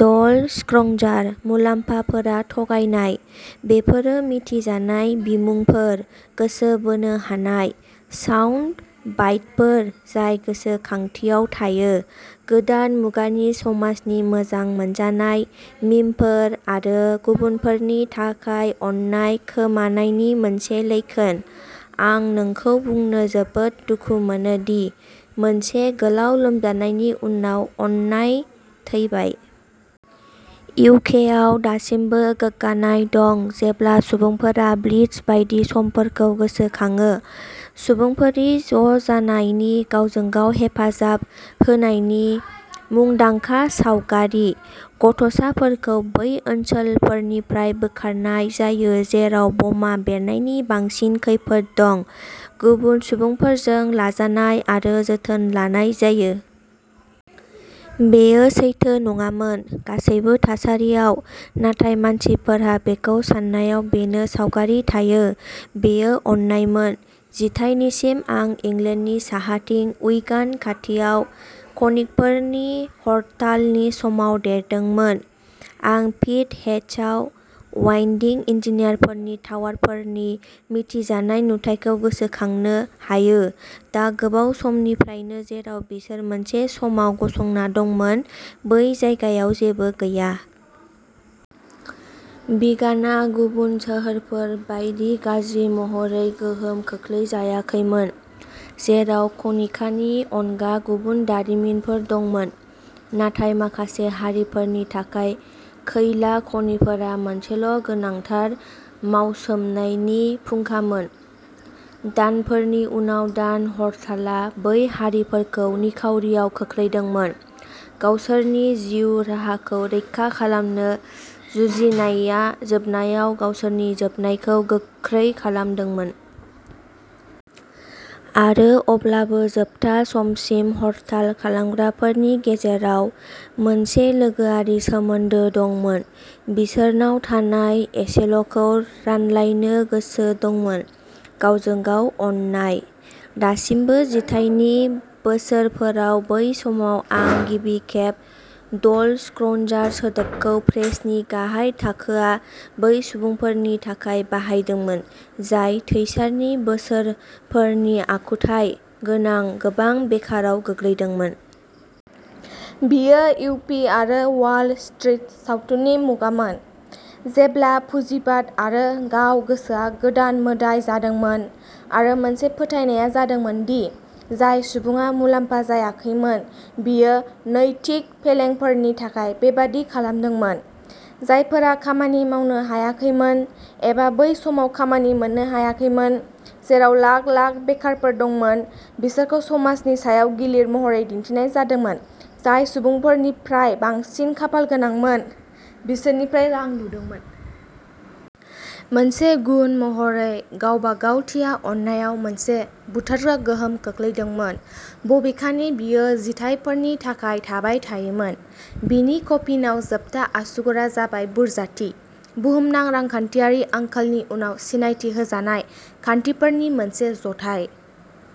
ड'ल स्क्रंजार। मुलाम्फाफोरा थगायनाय। बेफोरो मिथिजानाय बिमुंफोर, गोसो बोनो हानाय साउन्डबाइटफोर जाय गोसोखांथियाव थायो। गोदान मुगानि समाजनि मोजां मोनजानाय मीमफोर, आरो गुबुनफोरनि थाखाय अननाय खोमानायनि मोनसे लैखोन। आं नोंखौ बुंनो जोबोद दुखु मोनो दि मोनसे गोलाव लोमजानायनि उनाव अननाय थैबाय। इउ. के. आव दासिमबो गोग्गानाय दं जेब्ला सुबुंफोरा ब्लिट्ज बायदि समफोरखौ गोसोखांो। सुबुंफोरनि ज'जानायनि, गावजों गाव हेफाजाब होनायनि मुंदांखा सावगारि। गथ'साफोरखौ बै ओनसोलफोरनिफ्राय बोखारनाय जायो जेराव बमा बेरनायनि बांसिन खैफोद दं, गुबुन सुबुंफोरजों लाजानाय आरो जोथोन लानाय जायो। बेयो सैथो नङामोन। गासैबो थासारियाव, नाथाय मानसिफोरहा बेखौ सान्नायाव बेनो सावगारि थायो। बेयो अननायमोन। जिथाइनिसिमः आं इंलेन्डनि साहाथिं उइगान खाथियाव खनिकफोरनि हरतालनि समाव देरदोंमोन। आं पिट हेड्सआव वाइन्डिं इन्जिनफोरनि टावारफोरनि मिथिजानाय नुथायखौ गोसोखांनो हायो, दा गोबाव समनिफ्रायनो जेराव बिसोर मोनसे समाव गसंना दंमोन बै जायगायाव जेबो गैया। विगाना गुबुन सोहोरफोर बायदि गाज्रि महरै गोहोम खोख्लैजायाखैमोन, जेराव खनिकानि अनगा गुबुन दारिमिनफोर दंमोन। नाथाय माखासे हारिफोरनि थाखाय खैला खनिफोरा मोनसेल'गोनांथार मावसोमनायनि फुंखामोन। दानफोरनि उनाव दान हरतालआ बै हारिफोरखौ निखावरिआव खोख्लैदोंमोनः गावसोरनि जिउ राहाखौ रैखा खालामनो जुजिनायआ जोबनायाव गावसोरनि जोबनायखौ गोख्रै खालामदोंमोन। आरो अब्लाबो जोबथा समसिम हरताल खालामग्राफोरनि गेजेराव मोनसे लोगोआरि सोमोन्दो दंमोन, बिसोरनाव थानाय एसेल'खौ रानलायनो गोसो दंमोन, गावजों गाव अननाय। दासिमबो जिथाइनि बोसोरफोराव, बै समाव आं गिबि खेब "ड'ल स्क्रौन्जार" सोदोबखौ प्रेसनि गाहाय थाखोआ बै सुबुंफोरनि थाखाय बाहायदोंमोन, जाय थैचारनि बोसोरफोरनि आखुथाय गोनां गोबां बेकाराव गोग्लैदोंमोन। बेयो युप्पी आरो वाल स्ट्रीट सावथुननि मुगामोन, जेब्ला पुजिबाद आरो गाव-गोसोआ गोदान मोदाइ जादोंमोन आरो मोनसे फोथायनाया जादोंमोन दि जाय सुबुङा मुलाम्फा जायाखैमोन, बियो नैतिक फेलेंफोरनि थाखाय बेबादि खालामदोंमोन। जायफोरा खामानि मावनो हायाखैमोन, एबा बै समाव खामानि मोन्नो हायाखैमोन, जेराव लाख लाख बेकारफोर दंमोन, बिसोरखौ समाजनि सायाव गिलिर महरै दिन्थिनाय जादोंमोन, जाय सुबुंफोरनिफ्राय बांसिन खाफालगोनांमोन, बिसोरनिफ्राय रां लुदोंमोन। मोनसे गुन महरै गावबागावथिया अननायाव मोनसे बुथारग्रा गोहोम खोख्लैदोंमोन, बबेखानि बेयो जिथायफोरनि थाखाय थाबाय थायोमोन। बेनि कफिनआव जोबथा आसुगुरआ जाबाय बुरजाथि, बुहुमनां रांखान्थियारि आंखालनि उनाव सिनायथि होजानाय खान्थिफोरनि मोनसे जथाय।